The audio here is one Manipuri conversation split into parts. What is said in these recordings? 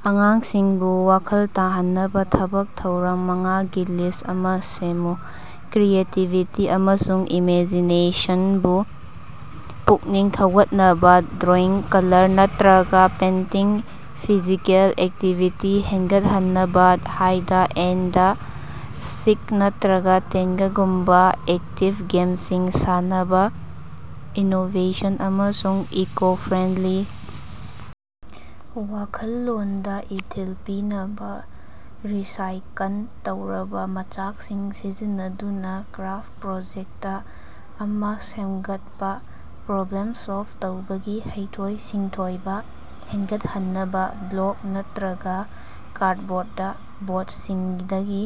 ꯑꯉꯥꯡꯁꯤꯡꯕꯨ ꯋꯥꯈꯜ ꯇꯥꯍꯟꯅꯕꯥ ꯊꯕꯛ ꯊꯧꯔꯝ ꯃꯉꯥꯒꯤ ꯂꯤꯁ꯭ꯠ ꯑꯃꯥ ꯁꯦꯝꯃꯨ꯫ ꯀ꯭ꯔꯤꯌꯦꯇꯤꯕꯤꯇꯤ ꯑꯃꯁꯨꯡ ꯏꯃꯦꯖꯤꯅꯦꯁꯟꯕꯨ ꯄꯨꯛꯅꯤꯡ ꯊꯧꯒꯠꯅꯕꯥ drawing, colour ꯅꯠꯠꯔꯒꯥ painting. Physical activity ꯍꯦꯟꯒꯠꯍꯟꯅꯕꯥ ꯍꯥꯏꯗ ꯑꯦꯟꯗ ꯁꯤꯛ ꯅꯠꯇ꯭ꯔꯒꯥ ꯇꯦꯒꯒꯨꯝꯕꯥ ꯑꯦꯛꯇꯤꯚ ꯒꯦꯝꯁꯤꯡ ꯁꯥꯟꯅꯕꯥ꯫ ꯏꯅꯣꯕꯦꯁꯟ ꯑꯃꯁꯨꯡ ꯏꯀꯣ ꯐ꯭ꯔꯦꯟꯗꯂꯤ ꯋꯥꯈꯜꯂꯣꯟꯗꯥ ꯏꯊꯤꯜ ꯄꯤꯅꯕꯥ ꯔꯤꯁꯥꯏꯀꯟ ꯇꯧꯔꯕꯥ ꯃꯆꯥꯛꯁꯤꯡ ꯁꯤꯖꯤꯟꯅꯗꯨꯅꯥ ꯀ꯭ꯔꯥꯐ ꯄ꯭ꯔꯣꯖꯦꯛꯇ ꯑꯃꯥ ꯁꯦꯝꯒꯠꯄꯥ꯫ ꯄ꯭ꯔꯣꯕ꯭ꯂꯦꯝ ꯁꯣꯜꯕ ꯇꯧꯕꯒꯤ ꯍꯩꯊꯣꯏ-ꯁꯤꯡꯊꯣꯏꯕꯥ ꯍꯦꯟꯒꯠꯍꯟꯅꯕꯥ ꯕ꯭ꯂꯣꯛ ꯅꯠꯇ꯭ꯔꯒꯥ ꯀꯥꯔꯗꯕꯣꯔꯗ ꯕꯣꯛꯁꯁꯤꯡꯗꯒꯤ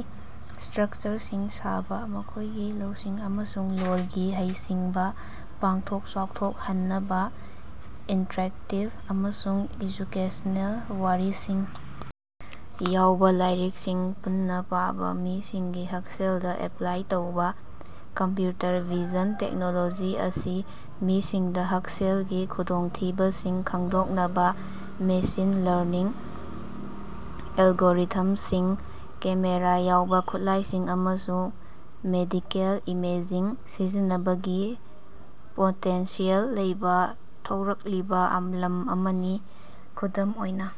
ꯁ꯭ꯠꯔꯀꯆꯔꯁꯤꯡ ꯁꯥꯕꯥ꯫ ꯃꯈꯣꯏꯒꯤ ꯂꯧꯁꯤꯡ ꯑꯃꯁꯨꯡ ꯂꯣꯜꯒꯤ ꯍꯩꯁꯤꯡꯕꯥ ꯄꯥꯛꯊꯣꯛ ꯆꯥꯎꯊꯣꯛꯍꯟꯅꯕꯥ ꯏꯟꯇꯔꯦꯛꯇꯤꯚ ꯑꯃꯁꯨꯡ ꯑꯦꯖꯨꯀꯦꯁꯅꯦꯜ ꯋꯥꯔꯤꯁꯤꯡ ꯌꯥꯎꯕ ꯂꯥꯏꯔꯤꯛꯁꯤꯡ ꯄꯨꯟꯅꯥ ꯄꯥꯕꯥ ꯃꯤꯁꯤꯡꯒꯤ ꯍꯛꯁꯦꯜꯗꯥ ꯑꯦꯞꯂꯥꯏ ꯇꯧꯕ ꯀꯝꯄꯌꯨꯇꯔ ꯚꯤꯖꯟ ꯇꯦꯛꯅꯣꯂꯣꯖꯤ ꯑꯁꯤ ꯃꯤꯁꯤꯡꯗꯥ ꯍꯛꯁꯦꯜꯒꯤ ꯈꯨꯗꯣꯡꯊꯤꯕꯁꯤꯡ ꯈꯪꯗꯣꯛꯅꯕꯥ ꯃꯦꯁꯤꯟ ꯂꯔꯅꯤꯡ ꯑꯦꯂꯒꯣꯔꯤꯊꯝꯁꯤꯡ, ꯀꯦꯃꯦꯔꯥ ꯌꯥꯎꯕꯥ ꯈꯨꯠꯂꯥꯏꯁꯤꯡ, ꯑꯃꯁꯨꯡ ꯃꯦꯗꯤꯀꯦꯜ ꯏꯃꯦꯖꯤꯡ ꯁꯤꯖꯤꯟꯅꯕꯒꯤ ꯄꯣꯇꯦꯟꯁꯤꯌꯦꯜ ꯂꯩꯕ ꯊꯣꯔꯛꯂꯤꯕꯥ ꯂꯝ ꯑꯃꯅꯤ꯫ ꯈꯨꯗꯝ ꯑꯣꯏꯅꯥ,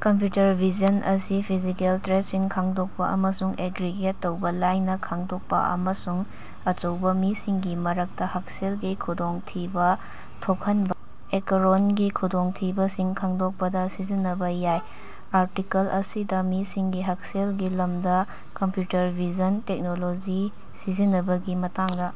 ꯀꯝꯄꯌꯨꯇꯔ ꯚꯤꯖꯟ ꯑꯁꯤ ꯐꯤꯖꯤꯀꯦꯜ ꯇ꯭ꯔꯦꯠꯁꯤꯡ ꯈꯪꯗꯣꯛꯄꯥ ꯑꯃꯁꯨꯡ ꯑꯦꯒ꯭ꯔꯤꯒꯦꯠ ꯇꯧꯕ, ꯂꯥꯏꯅꯥ ꯈꯪꯗꯣꯛꯄꯥ, ꯑꯃꯁꯨꯡ ꯑꯆꯧꯕ ꯃꯤꯁꯤꯡꯒꯤ ꯃꯔꯛꯇꯥ ꯍꯛꯁꯦꯜꯒꯤ ꯈꯨꯗꯣꯡꯊꯤꯕꯥ ꯊꯣꯛꯍꯟꯕꯥ ꯑꯀꯣꯌꯔꯣꯟꯒꯤ ꯈꯨꯗꯣꯡꯊꯤꯕꯁꯤꯡ ꯈꯪꯗꯣꯛꯄꯗꯥ ꯁꯤꯖꯤꯟꯅꯕꯥ ꯌꯥꯏ꯫ ꯑꯥꯔꯇꯤꯀꯜ ꯑꯁꯤꯗꯥ ꯃꯤꯁꯤꯡꯒꯤ ꯍꯛꯁꯦꯜꯒꯤ ꯂꯝꯗꯥ ꯀꯝꯄꯌꯨꯇꯔ ꯚꯤꯖꯟ ꯇꯦꯛꯅꯣꯂꯣꯖꯤ ꯁꯤꯖꯤꯟꯅꯕꯒꯤ ꯃꯇꯥꯡꯗꯥ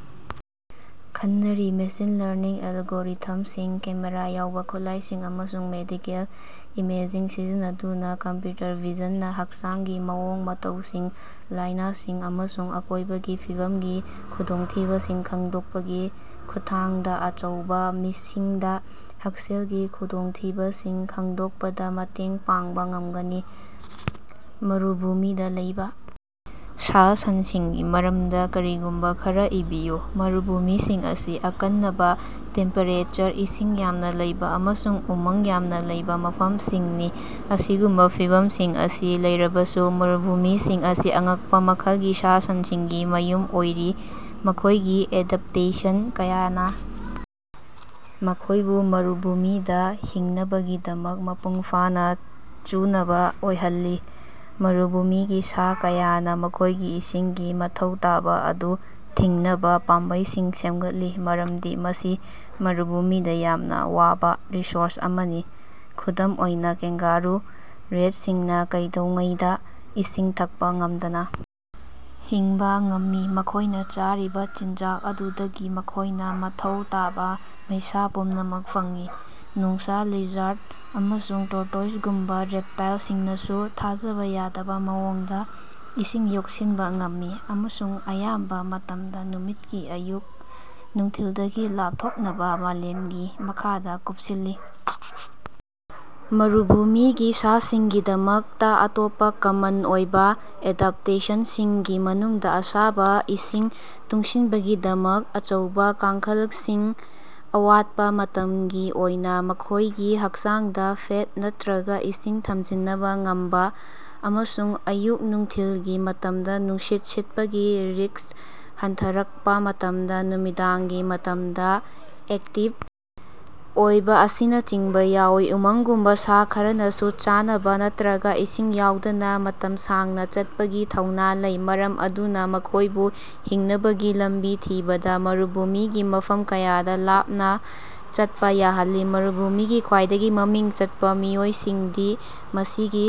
ꯈꯟꯅꯔꯤ꯫ ꯃꯦꯁꯤꯟ ꯂꯔꯅꯤꯡ ꯑꯦꯂꯒꯣꯔꯤꯊꯝꯁꯤꯡ, ꯀꯦꯃꯦꯔꯥ ꯌꯥꯎꯕ ꯈꯨꯠꯂꯥꯏꯁꯤꯡ, ꯑꯃꯁꯨꯡ ꯃꯦꯗꯤꯀꯦꯜ ꯏꯃꯦꯖꯤꯡ ꯁꯤꯖꯤꯟꯅꯗꯨꯅꯥ ꯀꯝꯞꯌꯨꯇꯔ ꯚꯤꯖꯟꯅꯥ ꯍꯛꯆꯥꯡꯒꯤ ꯃꯑꯣꯡ ꯃꯇꯧꯁꯤꯡ, ꯂꯥꯏꯅꯥꯁꯤꯡ ꯑꯃꯁꯨꯡ ꯑꯀꯣꯏꯕꯒꯤ ꯐꯤꯕꯝꯒꯤ ꯈꯨꯗꯣꯡꯊꯤꯕꯁꯤꯡ ꯈꯪꯗꯣꯛꯄꯒꯤ ꯈꯨꯠꯊꯥꯡꯗꯥ ꯑꯆꯧꯕꯥ ꯃꯤꯁꯤꯡꯗꯥ ꯍꯛꯁꯦꯜꯒꯤ ꯈꯨꯗꯣꯡꯊꯤꯕꯁꯤꯡ ꯈꯪꯗꯣꯛꯄꯗꯥ ꯃꯇꯦꯡ ꯄꯥꯡꯕꯥ ꯉꯝꯒꯅꯤ꯫ ꯃꯔꯨꯚꯨꯃꯤꯗꯥ ꯂꯩꯕꯥ ꯁꯥ ꯁꯟꯁꯤꯡꯒꯤ ꯃꯔꯝꯗꯥ ꯀꯔꯤꯒꯨꯝꯕꯥ ꯈꯔꯥ ꯏꯕꯤꯌꯨ꯫ ꯃꯔꯨꯚꯨꯃꯤꯁꯤꯡ ꯑꯁꯤ ꯑꯀꯟꯅꯕꯥ ꯇꯦꯝꯄꯦꯔꯦꯆꯔ, ꯏꯁꯤꯡ ꯌꯥꯝꯅ ꯂꯩꯕ ꯑꯃꯁꯨꯡ ꯎꯃꯪ ꯌꯥꯝꯅ ꯂꯩꯕ ꯃꯐꯝꯁꯤꯡꯅꯤ꯫ ꯑꯁꯤꯒꯨꯝꯕꯥ ꯐꯤꯚꯝꯁꯤꯡ ꯑꯁꯤ ꯂꯩꯔꯕꯁꯨ ꯃꯔꯨꯚꯨꯃꯤꯁꯤꯡ ꯑꯁꯤ ꯑꯉꯛꯄꯥ ꯃꯈꯜꯒꯤ ꯁꯥ ꯁꯟꯁꯤꯡꯒꯤ ꯃꯌꯨꯝ ꯑꯣꯏꯔꯤ, ꯃꯈꯣꯏꯒꯤ ꯑꯦꯗꯞꯇꯦꯁꯟ ꯀꯌꯥꯅꯥ ꯃꯈꯣꯏꯕꯨ ꯃꯔꯨꯚꯨꯃꯤꯗꯥ ꯍꯤꯡꯅꯕꯒꯤꯗꯃꯛ ꯃꯄꯨꯡ ꯐꯥꯅꯥ ꯆꯨꯅꯕꯥ ꯑꯣꯏꯍꯜꯂꯤ꯫ ꯃꯔꯨꯚꯨꯃꯤꯒꯤ ꯁꯥ ꯀꯌꯥꯅꯥ ꯃꯈꯣꯏꯒꯤ ꯏꯁꯤꯡꯒꯤ ꯃꯊꯧ ꯇꯥꯕ ꯑꯗꯨ ꯊꯤꯡꯅꯕꯥ ꯄꯥꯝꯕꯩꯁꯤꯡ ꯁꯦꯝꯒꯠꯂꯤ, ꯃꯔꯝꯗꯤ ꯃꯁꯤ ꯃꯔꯨꯚꯨꯃꯤꯗꯥ ꯌꯥꯝꯅ ꯋꯥꯕ ꯔꯤꯁꯣꯔꯁ ꯑꯃꯅꯤ꯫ ꯈꯨꯗꯝ ꯑꯣꯏꯅꯥ, ꯀꯦꯉ꯭ꯒꯥꯔꯨ ꯔꯦꯠꯁꯤꯡꯅꯥ ꯀꯩꯗꯧꯉꯩꯗꯥ ꯏꯁꯤꯡ ꯊꯛꯄꯥ ꯉꯝꯗꯅꯥ ꯍꯤꯡꯕꯥ ꯉꯝꯃꯤ, ꯃꯈꯣꯏꯅꯥ ꯆꯥꯔꯤꯕꯥ ꯆꯤꯟꯖꯥꯛ ꯑꯗꯨꯗꯒꯤ ꯃꯈꯣꯏꯅꯥ ꯃꯊꯧ ꯇꯥꯕꯥ ꯃꯩꯁꯥ ꯄꯨꯝꯅꯃꯛ ꯐꯪꯏ꯫ ꯅꯣꯡꯁꯥ, ꯂꯤꯖꯔꯗ ꯑꯃꯁꯨꯡ ꯇꯣꯔꯇꯣꯏꯁꯒꯨꯝꯕꯥ ꯔꯦꯄꯇꯥꯜꯁꯤꯡꯅꯁꯨ ꯊꯥꯖꯕ ꯌꯥꯗꯕ ꯃꯑꯣꯡꯗꯥ ꯏꯁꯤꯡ ꯌꯣꯛꯁꯤꯟꯕꯥ ꯉꯝꯃꯤ, ꯑꯃꯁꯨꯡ ꯑꯌꯥꯝꯕꯥ ꯃꯇꯝꯗꯥ ꯅꯨꯃꯤꯠꯀꯤ ꯑꯌꯨꯛ ꯅꯨꯡꯊꯤꯜꯗꯒꯤ ꯂꯥꯞꯊꯣꯛꯅꯕꯥ ꯃꯥꯂꯦꯝꯒꯤ ꯃꯈꯥꯗꯥ ꯀꯨꯄꯁꯤꯜꯂꯤ꯫ ꯃꯔꯨꯚꯨꯃꯤꯒꯤ ꯁꯥꯁꯤꯡꯒꯤꯗꯃꯛꯇꯥ ꯑꯇꯣꯞꯄꯥ ꯀꯃꯟ ꯑꯣꯏꯕ ꯑꯦꯗꯞꯇꯦꯁꯟꯁꯤꯡꯒꯤ ꯃꯅꯨꯡꯗꯥ ꯑꯁꯥꯕꯥ ꯏꯁꯤꯡ ꯇꯨꯡꯁꯤꯟꯕꯒꯤꯗꯃꯛ ꯑꯆꯧꯕꯥ ꯀꯥꯡꯈꯂꯁꯤꯡ, ꯑꯋꯥꯠꯄꯥ ꯃꯇꯝꯒꯤ ꯑꯣꯏꯅꯥ ꯃꯈꯣꯏꯒꯤ ꯍꯛꯆꯥꯡꯗꯥ ꯐꯦꯠ ꯅꯠꯇ꯭ꯔꯒꯥ ꯏꯁꯤꯡ ꯊꯝꯖꯤꯅꯕꯥ ꯉꯝꯕꯥ ꯑꯃꯁꯨꯡ ꯑꯌꯨꯛ-ꯅꯨꯡꯊꯤꯜꯒꯤ ꯃꯇꯝꯗꯥ ꯅꯨꯡꯁꯤꯠ ꯁꯤꯠꯄꯒꯤ ꯔꯤꯛꯁ ꯍꯟꯊꯔꯛꯄꯥ ꯃꯇꯝꯗꯥ ꯅꯨꯃꯤꯗꯥꯡꯒꯤ ꯃꯇꯝꯗꯥ ꯑꯦꯛꯇꯤꯚ ꯑꯣꯏꯕ ꯑꯁꯤꯅꯆꯤꯡꯕꯥ ꯌꯥꯎꯏ꯫ ꯎꯃꯪꯒꯨꯝꯕꯥ ꯁꯥ ꯈꯔꯅꯁꯨ ꯆꯥꯅꯕꯥ ꯅꯠꯇ꯭ꯔꯒꯥ ꯏꯁꯤꯡ ꯌꯥꯎꯗꯅꯥ ꯃꯇꯝ ꯁꯥꯡꯅꯥ ꯆꯠꯄꯒꯤ ꯊꯧꯅꯥ ꯂꯩ, ꯃꯔꯝ ꯑꯗꯨꯅꯥ ꯃꯈꯣꯏꯕꯨ ꯍꯤꯡꯅꯕꯒꯤ ꯂꯝꯕꯤ ꯊꯤꯕꯗꯥ ꯃꯔꯨꯚꯨꯃꯤꯒꯤ ꯃꯐꯝ ꯀꯌꯥꯗꯥ ꯂꯥꯞꯅꯥ ꯆꯠꯄꯥ ꯌꯥꯍꯜꯂꯤ꯫ ꯃꯔꯨꯚꯨꯃꯤꯒꯤ ꯈ꯭ꯋꯥꯏꯗꯒꯤ ꯃꯃꯤꯡ ꯆꯠꯄꯥ ꯃꯤꯑꯣꯏꯁꯤꯡꯗꯤ ꯃꯁꯤꯒꯤ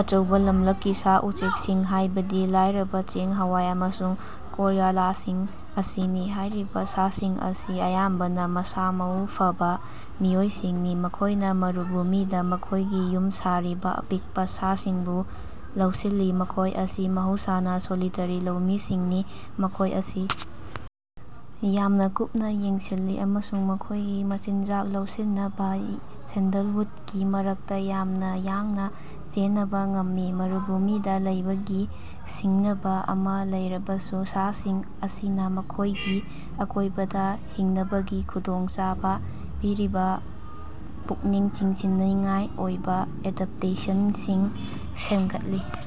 ꯑꯆꯧꯕꯥ ꯂꯝꯂꯛꯀꯤ ꯁꯥ ꯎꯆꯦꯛꯁꯤꯡ, ꯍꯥꯏꯕꯗꯤ ꯂꯥꯏꯔꯕꯥ, ꯆꯦꯡ-ꯍꯋꯥꯏ ꯑꯃꯁꯨꯡ ꯀꯣꯌꯂꯥꯁꯤꯡ ꯑꯁꯤꯅꯤ꯫ ꯍꯥꯏꯔꯤꯕꯥ ꯁꯥꯁꯤꯡ ꯑꯁꯤ ꯑꯌꯥꯝꯕꯅꯥ ꯃꯁꯥ ꯃꯎ ꯐꯕꯥ ꯃꯤꯑꯣꯏꯁꯤꯡꯅꯤ꯫ ꯃꯈꯣꯏꯅꯥ ꯃꯔꯨꯚꯨꯃꯤꯗꯥ ꯃꯈꯣꯏꯒꯤ ꯌꯨꯝ ꯁꯥꯔꯤꯕꯥ ꯑꯄꯤꯛꯄꯥ ꯁꯥꯁꯤꯡꯕꯨ ꯂꯧꯁꯤꯜꯂꯤ꯫ ꯃꯈꯣꯏ ꯑꯁꯤ ꯃꯍꯧꯁꯥꯅꯥ ꯁꯣꯂꯤꯇꯔꯤ ꯂꯧꯃꯤꯁꯤꯡꯅꯤ, ꯃꯈꯣꯏ ꯑꯁꯤ ꯌꯥꯝꯅ ꯀꯨꯞꯅꯥ ꯌꯦꯡꯁꯤꯜꯂꯤ ꯑꯃꯁꯨꯡ ꯃꯈꯣꯏꯒꯤ ꯃꯆꯤꯟꯖꯥꯛ ꯂꯧꯁꯤꯟꯅꯕꯥ ꯁꯦꯟꯗꯜꯋꯨꯠꯀꯤ ꯃꯔꯛꯇꯥ ꯌꯥꯝꯅꯥ ꯌꯥꯡꯅꯥ ꯆꯦꯅꯕꯥ ꯉꯝꯃꯤ꯫ ꯃꯔꯨꯚꯨꯃꯤꯗꯥ ꯂꯩꯕꯒꯤ ꯁꯤꯡꯅꯕꯥ ꯑꯃꯥ ꯂꯩꯔꯕꯁꯨ, ꯁꯥꯁꯤꯡ ꯑꯁꯤꯅꯥ ꯃꯈꯣꯏꯒꯤ ꯑꯀꯣꯏꯕꯗꯥ ꯍꯤꯡꯅꯕꯒꯤ ꯈꯨꯗꯣꯡꯆꯥꯕꯥ ꯄꯤꯔꯤꯕꯥ ꯄꯨꯛꯅꯤꯡ ꯆꯤꯡꯁꯤꯟꯅꯤꯡꯉꯥꯏ ꯑꯣꯏꯕ ꯑꯦꯗꯞꯇꯦꯁꯟꯁꯤꯡ ꯁꯦꯝꯒꯠꯂꯤ꯫